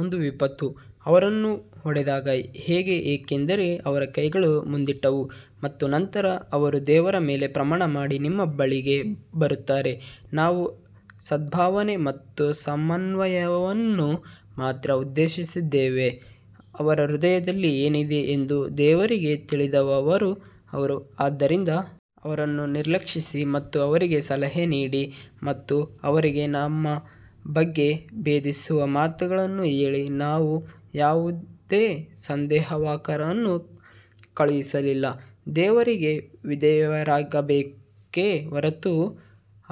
ಒಂದು ವಿಪತ್ತು ಅವರನ್ನು ಹೊಡೆದಾಗ ಹೇಗೆ, ಏಕೆಂದರೆ ಅವರ ಕೈಗಳು ಮುಂದಿಟ್ಟವು ಮತ್ತು ನಂತರ ಅವರು ದೇವರ ಮೇಲೆ ಪ್ರಮಾಣ ಮಾಡಿ ನಿಮ್ಮ ಬಳಿಗೆ ಬರುತ್ತಾರೆ ನಾವು ಸದ್ಭಾವನೆ ಮತ್ತು ಸಮನ್ವಯವನ್ನು ಮಾತ್ರ ಉದ್ದೇಶಿಸಿದ್ದೇವೆ ಅವರ ಹೃದಯದಲ್ಲಿ ಏನಿದೆ ಎಂದು ದೇವರಿಗೆ ತಿಳಿದಿರುವವರು ಅವರು ಆದ್ದರಿಂದ ಅವರನ್ನು ನಿರ್ಲಕ್ಷಿಸಿ ಮತ್ತು ಅವರಿಗೆ ಸಲಹೆ ನೀಡಿ ಮತ್ತು ಅವರಿಗೆ ತಮ್ಮ ಬಗ್ಗೆ ಭೇದಿಸುವ ಮಾತುಗಳನ್ನು ಹೇಳಿ ನಾವು ಯಾವುದೇ ಸಂದೇಶವಾಹಕರನ್ನು ಕಳುಹಿಸಲಿಲ್ಲ, ದೇವರಿಗೆ ವಿಧೇಯರಾಗಬೇಕೆ ಹೊರತು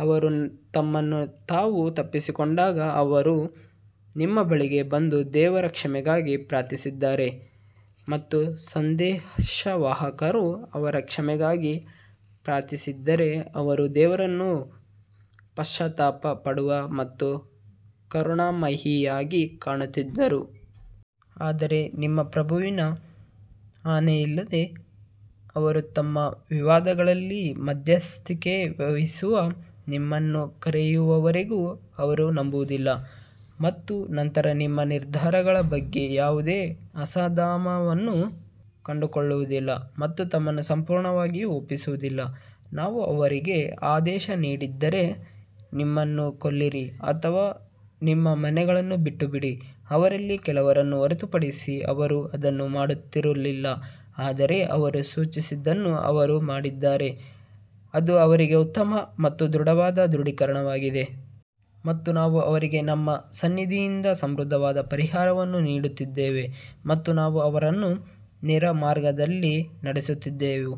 ಅವರು ತಮ್ಮನ್ನು ತಾವು ತಪ್ಪಿಸಿಕೊಂಡಾಗ ಅವರು ನಿಮ್ಮ ಬಳಿಗೆ ಬಂದು ದೇವರ ಕ್ಷಮೆಗಾಗಿ ಪ್ರಾರ್ಥಿಸಿದ್ದರೆ ಮತ್ತು ಸಂದೇಶವಾಹಕರು ಅವರ ಕ್ಷಮೆಗಾಗಿ ಪ್ರಾರ್ಥಿಸಿದ್ದರೆ ಅವರು ದೇವರನ್ನು ಪಶ್ಚಾತ್ತಾಪ ಪಡುವ ಮತ್ತು ಕರುಣಾಮಯಿಯಾಗಿ ಕಾಣುತ್ತಿದ್ದರು. ಆದರೆ ನಿಮ್ಮ ಪ್ರಭುವಿನ ಆಣೆಯಿಲ್ಲದೆ ಅವರು ತಮ್ಮ ವಿವಾದಗಳಲ್ಲಿ ಮಧ್ಯಸ್ಥಿಕೆ ವಹಿಸಲು ನಿಮ್ಮನ್ನು ಕರೆಯುವವರೆಗೂ ಅವರು ನಂಬುವುದಿಲ್ಲ ಮತ್ತು ನಂತರ ನಿಮ್ಮ ನಿರ್ಧಾರಗಳ ಬಗ್ಗೆ ಯಾವುದೇ ಅಸಮಾಧಾನವನ್ನು ಕಂಡುಕೊಳ್ಳುವುದಿಲ್ಲ ಮತ್ತು ತಮ್ಮನ್ನು ಸಂಪೂರ್ಣವಾಗಿ ಒಪ್ಪಿಸುವುದಿಲ್ಲ. ನಾವು ಅವರಿಗೆ ಆದೇಶ ನೀಡಿದ್ದರೆ, ನಿಮ್ಮನ್ನು ಕೊಲ್ಲಿರಿ ಅಥವಾ ನಿಮ್ಮ ಮನೆಗಳನ್ನು ಬಿಟ್ಟುಬಿಡಿ, ಅವರಲ್ಲಿ ಕೆಲವರನ್ನು ಹೊರತುಪಡಿಸಿ ಅವರು ಅದನ್ನು ಮಾಡುತ್ತಿರಲಿಲ್ಲ ಆದರೆ ಅವರು ಸೂಚಿಸಿದ್ದನ್ನು ಅವರು ಮಾಡಿದ್ದರೆ ಅದು ಅವರಿಗೆ ಉತ್ತಮ ಮತ್ತು ದೃಢವಾದ ದೃಢೀಕರಣವಾಗಿದೆ. ಮತ್ತು ನಾವು ಅವರಿಗೆ ನಮ್ಮ ಸನ್ನಿಧಿಯಿಂದ ಸಮೃದ್ಧವಾದ ಪರಿಹಾರವನ್ನು ನೀಡುತ್ತಿದ್ದೆವು ಮತ್ತು ನಾವು ಅವರನ್ನು ನೇರ ಮಾರ್ಗದಲ್ಲಿ ನಡೆಸುತ್ತಿದ್ದೆವು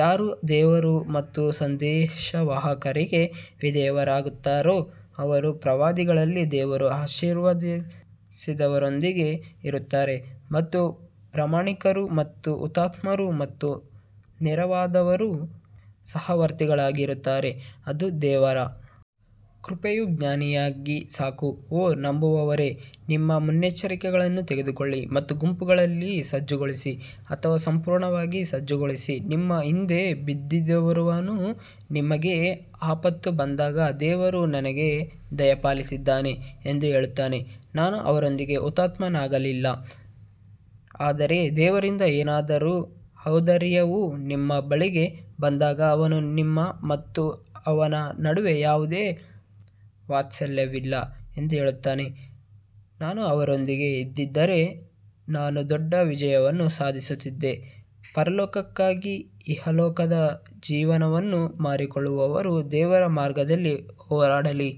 ಯಾರು ದೇವರು ಮತ್ತು ಸಂದೇಶವಾಹಕರಿಗೆ ವಿಧೇಯರಾಗುತ್ತಾರೋ ಅವರು ಪ್ರವಾದಿಗಳಲ್ಲಿ ದೇವರು ಆಶೀರ್ವದಿಸಿದವರೊಂದಿಗೆ ಇರುತ್ತಾರೆ ಮತ್ತು ಪ್ರಾಮಾಣಿಕರು ಮತ್ತು ಹುತಾತ್ಮರು ಮತ್ತು ನೇರವಾದವರು ಸಹವರ್ತಿಗಳಾಗಿರುತ್ತಾರೆ. ಅದು ದೇವರ ಕೃಪೆಯು ಜ್ಞಾನಿಯಾಗಿ ಸಾಕು ಓ ನಂಬುವವರೇ ನಿಮ್ಮ ಮುನ್ನೆಚ್ಚರಿಕೆಗಳನ್ನು ತೆಗೆದುಕೊಳ್ಳಿ ಮತ್ತು ಗುಂಪುಗಳಲ್ಲಿ ಸಜ್ಜುಗೊಳಿಸಿ ಅಥವಾ ಸಂಪೂರ್ಣವಾಗಿ ಸಜ್ಜುಗೊಳಿಸಿ ನಿಮ್ಮಲ್ಲಿ ಹಿಂದೆ ಬಿದ್ದಿರುವವನು ನಿಮಗೆ ಆಪತ್ತು ಬಂದಾಗ ದೇವರು ನನಗೆ ದಯಪಾಲಿಸಿದ್ದಾನೆ ಎಂದು ಹೇಳುತ್ತಾನೆ ನಾನು ಅವರೊಂದಿಗೆ ಹುತಾತ್ಮನಾಗಲಿಲ್ಲ ಆದರೆ ದೇವರಿಂದ ಏನಾದರೂ ಔದಾರ್ಯವು ನಿಮ್ಮ ಬಳಿಗೆ ಬಂದಾಗ ಅವನು ನಿಮ್ಮ ಮತ್ತು ಅವನ ನಡುವೆ ಯಾವುದೇ ವಾತ್ಸಲ್ಯವಿಲ್ಲ ಎಂದು ಹೇಳುತ್ತಾನೆ, ನಾನು ಅವರೊಂದಿಗೆ ಇದ್ದಿದ್ದರೆ ನಾನು ದೊಡ್ಡ ವಿಜಯವನ್ನು ಸಾಧಿಸುತ್ತಿದ್ದೆ ಪರಲೋಕಕ್ಕಾಗಿ ಇಹಲೋಕದ ಜೀವನವನ್ನು ಮಾರಿಕೊಳ್ಳುವವರು ದೇವರ ಮಾರ್ಗದಲ್ಲಿ ಹೋರಾಡಲಿ,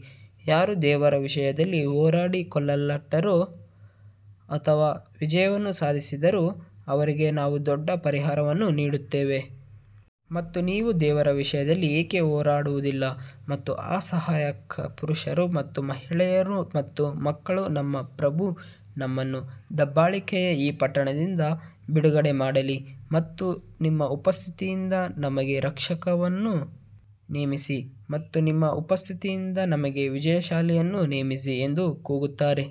ಯಾರು ದೇವರ ವಿಷಯದಲ್ಲಿ ಹೋರಾಡಿ ಕೊಲ್ಲಲ್ಪಟ್ಟರೂ ಅಥವಾ ವಿಜಯವನ್ನು ಸಾಧಿಸಿದರೂ ಅವರಿಗೆ ನಾವು ದೊಡ್ಡ ಪರಿಹಾರವನ್ನು ನೀಡುತ್ತೇವೆ. ಮತ್ತು ನೀವು ದೇವರ ವಿಷಯದಲ್ಲಿ ಏಕೆ ಹೋರಾಡುವುದಿಲ್ಲ ಮತ್ತು ಅಸಹಾಯಕ ಪುರುಷರು ಮತ್ತು ಮಹಿಳೆಯರು ಮತ್ತು ಮಕ್ಕಳು ನಮ್ಮ ಪ್ರಭು ನಮ್ಮನ್ನು ದಬ್ಬಾಳಿಕೆಯ ಈ ಪಟ್ಟಣದಿಂದ ಬಿಡುಗಡೆ ಮಾಡಲಿ ಮತ್ತು ನಿಮ್ಮ ಉಪಸ್ಥಿತಿಯಿಂದ ನಮಗೆ ರಕ್ಷಕನನ್ನು ನೇಮಿಸಿ ಮತ್ತು ನಿಮ್ಮ ಉಪಸ್ಥಿತಿಯಿಂದ ನಮಗೆ ವಿಜಯಶಾಲಿಯನ್ನು ನೇಮಿಸಿ ಎಂದು ಕೂಗುತ್ತಾರೆ.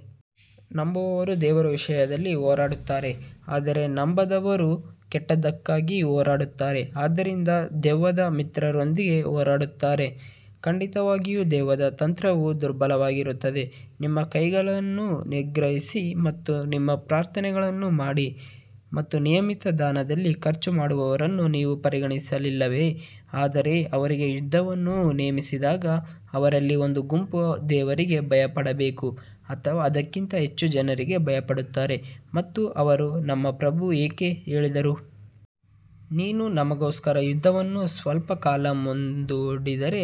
ನಂಬುವವರು ದೇವರ ವಿಷಯದಲ್ಲಿ ಹೋರಾಡುತ್ತಾರೆ ಆದರೆ ನಂಬದವರು ಕೆಟ್ಟದ್ದಕ್ಕಾಗಿ ಹೋರಾಡುತ್ತಾರೆ ಆದ್ದರಿಂದ ದೆವ್ವದ ಮಿತ್ರರೊಂದಿಗೆ ಹೋರಾಡುತ್ತಾರೆ, ಖಂಡಿತವಾಗಿಯೂ ದೆವ್ವದ ತಂತ್ರವು ದುರ್ಬಲವಾಗಿರುತ್ತದೆ ನಿಮ್ಮ ಕೈಗಳನ್ನು ನಿಗ್ರಹಿಸಿ ಮತ್ತು ನಿಮ್ಮ ಪ್ರಾರ್ಥನೆಗಳನ್ನು ಮಾಡಿ ಮತ್ತು ನಿಯಮಿತ ದಾನದಲ್ಲಿ ಖರ್ಚು ಮಾಡುವವರನ್ನು ನೀವು ಪರಿಗಣಿಸಲಿಲ್ಲವೇ ಆದರೆ ಅವರಿಗೆ ಯುದ್ಧವನ್ನು ನೇಮಿಸಿದಾಗ ಅವರಲ್ಲಿ ಒಂದು ಗುಂಪು ದೇವರಿಗೆ ಭಯಪಡಬೇಕು ಅಥವಾ ಅದಕ್ಕಿಂತ ಹೆಚ್ಚು ಜನರಿಗೆ ಭಯಪಡುತ್ತಾರೆ ಮತ್ತು ಅವರು ನಮ್ಮ ಪ್ರಭು ಏಕೆ ಹೇಳಿದರು? ನೀನು ನಮಗೋಸ್ಕರ ಯುದ್ಧವನ್ನು ಸ್ವಲ್ಪ ಕಾಲ ಮುಂದೂಡಿದರೆ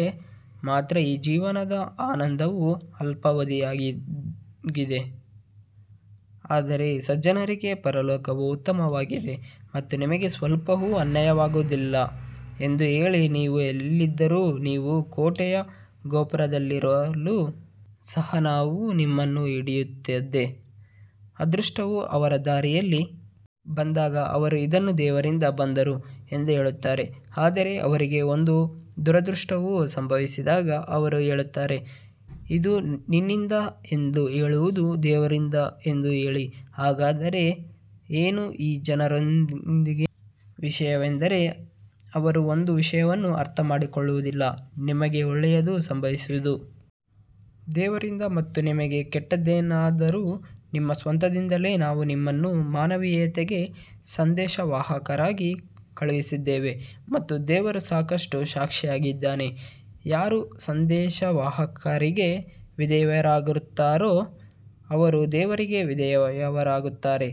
ಮಾತ್ರ ಈ ಜೀವನದ ಆನಂದವು ಅಲ್ಪಾವಧಿಯದ್ದಾಗಿದೆ ಆದರೆ ಸಜ್ಜನರಿಗೆ ಪರಲೋಕವು ಉತ್ತಮವಾಗಿದೆ ಮತ್ತು ನಿಮಗೆ ಸ್ವಲ್ಪವೂ ಅನ್ಯಾಯವಾಗುವುದಿಲ್ಲ ಎಂದು ಹೇಳಿ ನೀವು ಎಲ್ಲಿದ್ದರೂ, ನೀವು ಕೋಟೆಯ ಗೋಪುರದಲ್ಲಿದ್ದರೂ ಸಹ ಸಾವು ನಿಮ್ಮನ್ನು ಹಿಡಿಯುತ್ತದೆ, ಅದೃಷ್ಟವು ಅವರ ದಾರಿಯಲ್ಲಿ ಬಂದಾಗ ಅವರು ಇದನ್ನು ದೇವರಿಂದ ಬಂದರು ಎಂದು ಹೇಳುತ್ತಾರೆ ಆದರೆ ಅವರಿಗೆ ಒಂದು ದುರದೃಷ್ಟವು ಸಂಭವಿಸಿದಾಗ ಅವರು ಹೇಳುತ್ತಾರೆ ಇದು ನಿನ್ನಿಂದ ಎಂದು ಹೇಳುವುದು ದೇವರಿಂದ ಎಂದು ಹೇಳಿ ಹಾಗಾದರೆ ಏನು ಈ ಜನರೊಂದಿಗಿನ ವಿಷಯವೆಂದರೆ ಅವರು ಒಂದು ವಿಷಯವನ್ನು ಅರ್ಥಮಾಡಿಕೊಳ್ಳುವುದಿಲ್ಲ ನಿಮಗೆ ಒಳ್ಳೆಯದು ಸಂಭವಿಸುವುದು ದೇವರಿಂದ ಮತ್ತು ನಿಮಗೆ ಕೆಟ್ಟದ್ದೇನಾದರೂ ನಿಮ್ಮ ಸ್ವಂತದಿಂದಲೇ ನಾವು ನಿಮ್ಮನ್ನು ಮಾನವೀಯತೆಗೆ ಸಂದೇಶವಾಹಕರಾಗಿ ಕಳುಹಿಸಿದ್ದೇವೆ ಮತ್ತು ದೇವರು ಸಾಕಷ್ಟು ಸಾಕ್ಷಿಯಾಗಿದ್ದಾನೆ ಯಾರು ಸಂದೇಶವಾಹಕರಿಗೆ ವಿಧೇಯರಾಗುತ್ತಾರೋ ಅವರು ದೇವರಿಗೆ ವಿಧೇಯರಾಗುತ್ತಾರೆ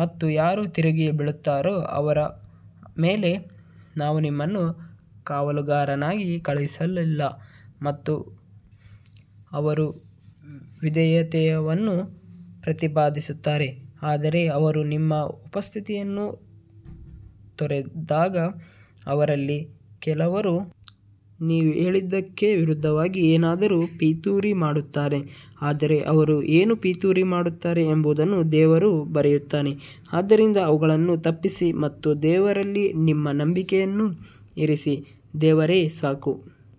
ಮತ್ತು ಯಾರು ತಿರುಗಿ ಬೀಳುತ್ತಾರೋ ಅವರ ಮೇಲೆ ನಾವು ನಿಮ್ಮನ್ನು ಕಾವಲುಗಾರನಾಗಿ ಕಳುಹಿಸಲಿಲ್ಲ ಅವರು ವಿಧೇಯತೆಯನ್ನು ಪ್ರತಿಪಾದಿಸುತ್ತಾರೆ ಆದರೆ ಅವರು ನಿಮ್ಮ ಉಪಸ್ಥಿತಿಯನ್ನು ತೊರೆದಾಗ ಅವರಲ್ಲಿ ಕೆಲವರು ನೀವು ಹೇಳಿದ್ದಕ್ಕೆ ವಿರುದ್ಧವಾಗಿ ಏನಾದರೂ ಪಿತೂರಿ ಮಾಡುತ್ತಾರೆ ಆದರೆ ಅವರು ಏನು ಪಿತೂರಿ ಮಾಡುತ್ತಾರೆ ಎಂಬುದನ್ನು ದೇವರು ಬರೆಯುತ್ತಾನೆ ಆದ್ದರಿಂದ ಅವುಗಳನ್ನು ತಪ್ಪಿಸಿ ಮತ್ತು ದೇವರಲ್ಲಿ ನಿಮ್ಮ ನಂಬಿಕೆಯನ್ನು ಇರಿಸಿ ದೇವರೇ ಸಾಕು.